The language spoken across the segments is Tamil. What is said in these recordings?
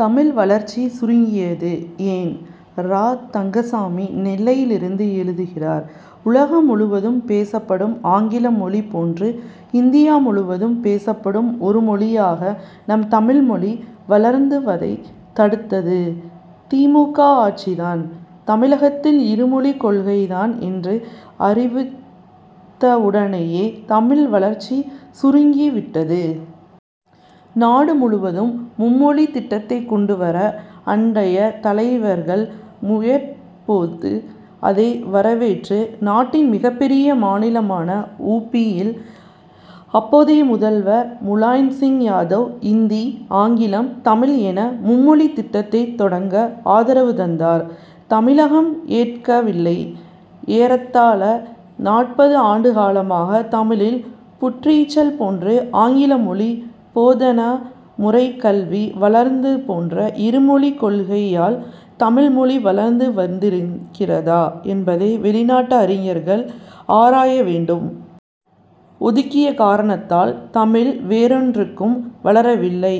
தமிழ் வளர்ச்சி சுருங்கியது ஏன்? ரா. தங்கசாமி, நெல்லையிலிருந்து எழுதுகிறார் உலகம் முழுவதும் பேசப்படும் ஆங்கில மொழி போன்று, இந்தியா முழுவதும் பேசப்படும் ஒரு மொழியாக நம் தமிழ்மொழி வளர்வதை தடுத்தது தி. மு. க., ஆட்சி தான். தமிழகத்தில் இருமொழி கொள்கை தான் என்று அறிவித்தவுடனேயே, தமிழின் வளர்ச்சி சுருங்கி விட்டது. நாடு முழுவதும் மும்மொழித் திட்டத்தை கொண்டு வர அன்றைய தலைவர்கள் முயன்றபோது, அதை வரவேற்று, நாட்டின் மிகப்பெரிய மாநிலமான உ. பி.,யின் அப்போதைய முதல்வர் முலாயம் சிங் யாதவ், இந்தி, ஆங்கிலம், தமிழ் என மும்மொழி திட்டத்தை தொடங்க ஆதரவு தந்தார். தமிழகம் ஏற்கவில்லை. ஏறத்தாழ நாற்பது ஆண்டு காலமாக, தமிழகத்தில் புற்றீசல் போன்று ஆங்கில மொழி போதனா முறைக்கல்வி வளர்ந்தது போன்று, இருமொழிக் கொள்கையால் தமிழ் மொழி வளர்ந்து வந்திருக்கிறதா என்பதை, வெளிநாட்டு அறிஞர்கள் ஆராய வேண்டும். ஒதுக்கிய காரணத்தால், தமிழ் வேறெங்கும் வளரவில்லை.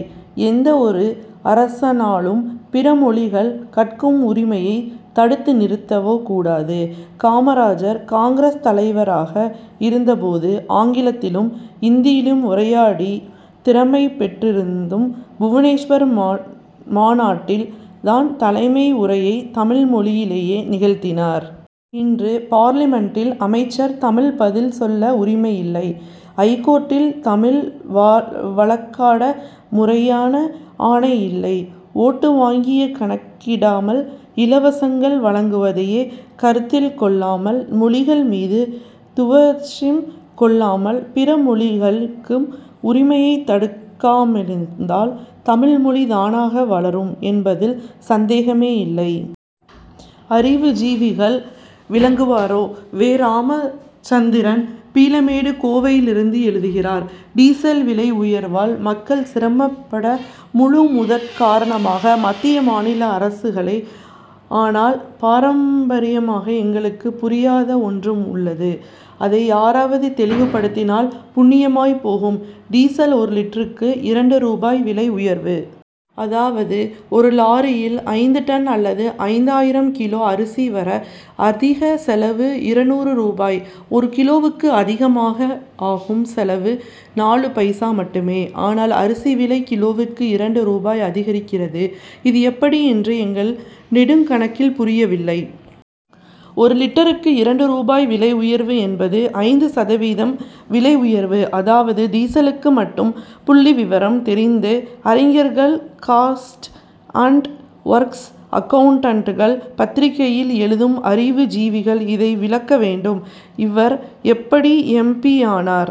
எந்த ஒரு அரசானாலும், பிற மொழிகள் கற்கும் உரிமையை தடுத்து நிறுத்தவே கூடாது. காமராஜர், காங்கிரஸ் தலைவராக இருந்த போது, ஆங்கிலத்திலும், இந்தியிலும் உரையாடும் திறமை பெற்றிருந்தும், புவனேஸ்வர் மாநாட்டில் தன் தலைமை உரையை, தமிழ் மொழியிலேயே நிகழ்த்தினார். இன்று பார்லிமென்டில் அமைச்சர் தமிழில் பதில் சொல்ல உரிமையில்லை. ஐகோர்ட்டில் தமிழில் வழக்காட முறையான ஆணை இல்லை. ஓட்டு வங்கியை கணக்கிடாமல், இலவசங்கள் வழங்குவதையே கருத்தில் கொள்ளாமல், மொழிகள் மீது துவேஷம் கொள்ளாமல், பிற மொ ழிகள் கற்கும் உரிமையை தடுக்காமலிருந்தால், தமிழ்மொழி தானாக வளரும் என்பதில் சந்தேகமே இல்லை. அறிவு ஜீவிகள் விளக்குவரா? வே. ராமச்சந்திரன், பீளமேடு, கோவையிலிருந்து எழுதுகிறார் டீசல் விலை உயர்வால் மக்கள் சிரமப்பட முழு முதற்காரணம் மத்திய, மாநில அரசுகளே! ஆனால், பாமரர்களாகிய எங்களுக்கு புரியாதது ஒன்று உள்ளது. அதை யாராவது தெளிவுபடுத்தினால் புண்ணியமாய் போகும். டீசல் ஒரு லிட்டருக்கு, இரண்டு ரூபாய் விலை உயர்வு. அதாவது, ஒரு லாரியில் ஐந்து டன் அல்லது ஐந்தாயிரம் கிலோ அரிசி வர, அதிக செலவு இருநூறு ரூபாய். ஒரு கிலோவுக்கு அதிகமாக ஆகும் செலவு, நாலு பைசா மட்டுமே! ஆனால், அரிசி விலை, கிலோவுக்கு இரண்டு ரூபாய் அதிகரிக்கிறது. இது எப்படி என்று எங்கள் நெடுங்கணக்கில் புரியவில்லை. ஒரு லிட்டருக்கு இரண்டு ரூபாய் விலை உயர்வு என்பது, ஐந்து சதவீதம் விலை உயர்வு. அதாவது, டீசலுக்கு மட்டும். புள்ளி விவரம் தெரிந்த அறிஞர்கள், காஸ்ட் அண்ட் ஒர்க்ஸ் அக்கவுன்டன்டுகள், பத்திரிகையில் எழுதும் அறிவு ஜீவிகள் இதை விளக்க வேண்டும். இவர் எப்படி எம். பி.,யானார்?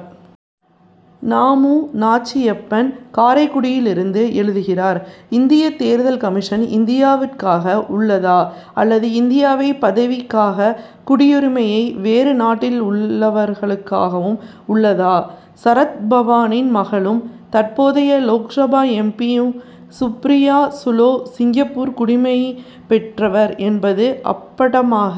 நா. மு. நாச்சியப்பன், காரைக்குடியிலிருந்து எழுதுகிறார் இந்தியத் தேர்தல் கமிஷன், இந்தியர்களுக்காக உள் ளதா அல்லது இந்தியாவைப் பதவிக்காகவும், குடியுரிமை யை வேறு நாட்டில் உள் ளவருக்காகவும் உள்ளதா? சரத்பவாரின் மகளும், தற்போதைய Lok Sabha M. B., யுமான Supriya Sule, Singapore குடியுரிமை பெற்றவர் என்பது அப்பட்டமாக